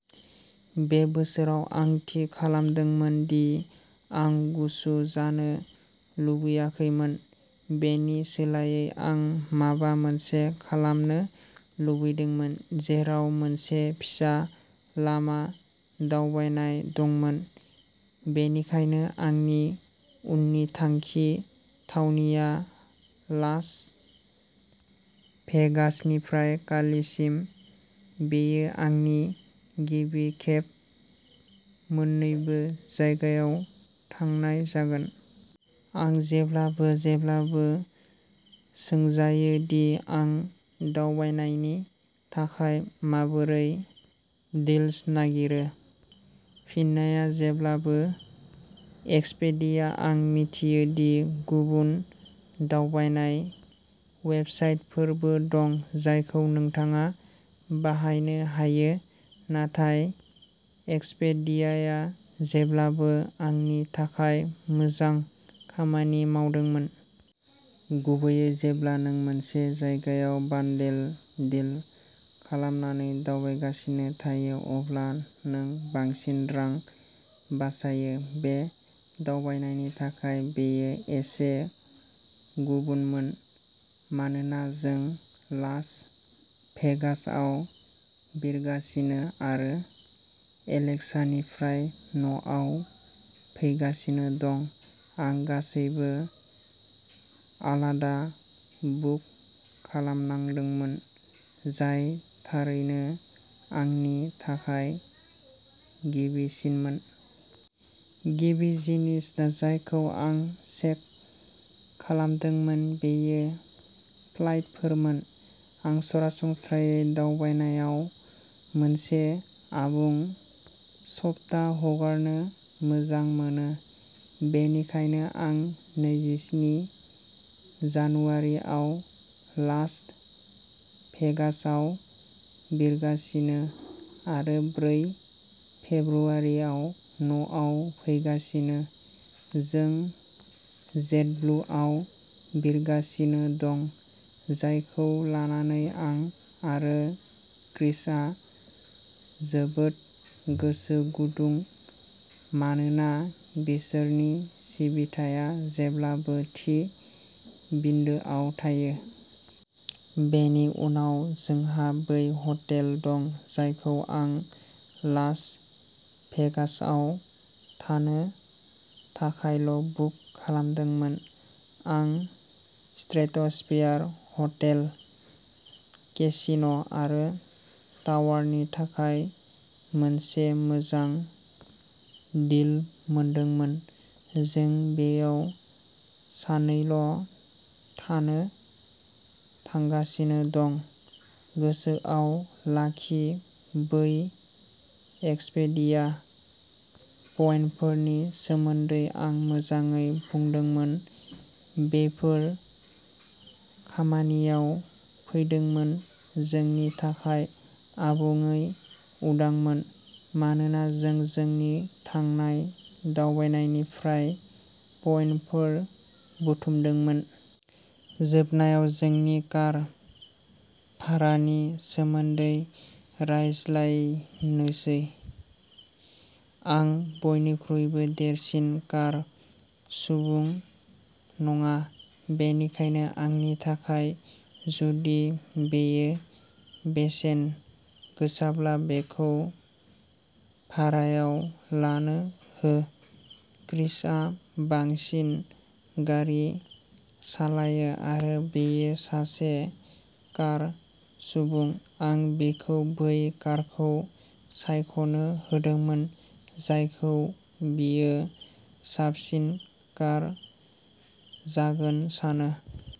बे बोसोराव आं थि खालामदोंमोन दि आं गुसु जानो लुबैयाखैमोन। बेनि सोलायै आं माबा मोनसे खालामनो लुबैदोंमोन जेराव मोनसे फिसा लामा दावबायनाय दंमोन। बेनिखायनो आंनि उननि थांखि थावनिया लास भेगासनिफ्राय कालीसिम, बेयो आंनि गिबि खेब मोन्नैबो जायगायाव थांनाय जागोन। आं जेब्लाबो जेब्लाबो सोंजायो दि आं दावबायनायनि थाखाय माबोरै डील्स नागिरो। फिननाया जेब्लाबो, एक्सपेडिया आं मिथियो दि गुबुन दावबायनाय वेबसाइटफोरबो दं जायखौ नोंथाङा बाहायनो हायो, नाथाय एक्सपेडियाया जेब्लाबो आंनि थाखाय मोजां खामानि मावदोंमोन। गुबैयै, जेब्ला नों मोनसे जायगायाव बान्डेल डिल खालामनानै दावबायगासिनो थायो, अब्ला नों बांसिन रां बासायो। बे दावबायनायनि थाखाय बेयो एसे गुबुनमोन मानोना जों लास भेगासआव बिरगासिनो आरो एलएएक्सनिफ्राय न'आव फैगासिनो दं। आं गासैबो आलादा बुक खालामनांदोंमोन, जाय थारैनो आंनि थाखाय गिबिसिनमोन। गिबि जिनिस जायखौ आं चेक खालामदोंमोन बेयो फ्लाइटफोरमोन। आं सरासनस्रायै दावबायनायाव मोनसे आबुं सप्ता हगारनो मोजां मोनो। बेनिखायनो आं नैजिस्नि जानुवारिआव लास भेगासआव बिरगासिनो आरो ब्रै फेब्रुआरिआव न'आव फैगासिनो। जों जेटब्लुआव बिरगासिनो दं, जायखौ लानानै आं आरो क्रिसआ जोबोद गोसो गुदुं मानोना बिसोरनि सिबिथाया जेब्लाबो थि बिन्दोआव थायो। बेनि उनाव, जोंहा बै हटेल दं जायखौ आं लास भेगासआव थानो थाखायल'बुक खालामदोंमोन। आं स्ट्रेट'स्फेयर हटेल, केसिन' आरो टावारनि थाखाय मोनसे मोजां डील मोनदोंमोन, जों बेयाव साननैल' थानो थांगासिनो दं। गोसोआव लाखि बै एक्सपेडिया पइन्टफोरनि सोमोन्दै आं मोजाङै बुंदोंमोन, बेफोर खामानियाव फैदोंमोन जोंनि थाखाय आबुङै उदांमोन, मानोना जों जोंनि थांनाय दावबायनायनिफ्राय पइन्टफोर बुथुमदोंमोन। जोबनायाव, जोंनि कार भारानि सोमोन्दै रायज्लायनोसै। आं बयनिख्रुइबो देरसिन कार सुबुं नङा, बेनिखायनो आंनि थाखाय जुदि बेयो बेसेन गोसाब्ला बेखौ भारायाव लानो हो। क्रिसआ बांसिन गारि सालायो आरो बियो सासे कार सुबुं। आं बिखौ बै कारखौ सायख'नो होदोंमोन जायखौ बियो साबसिन कार जागोन सानो।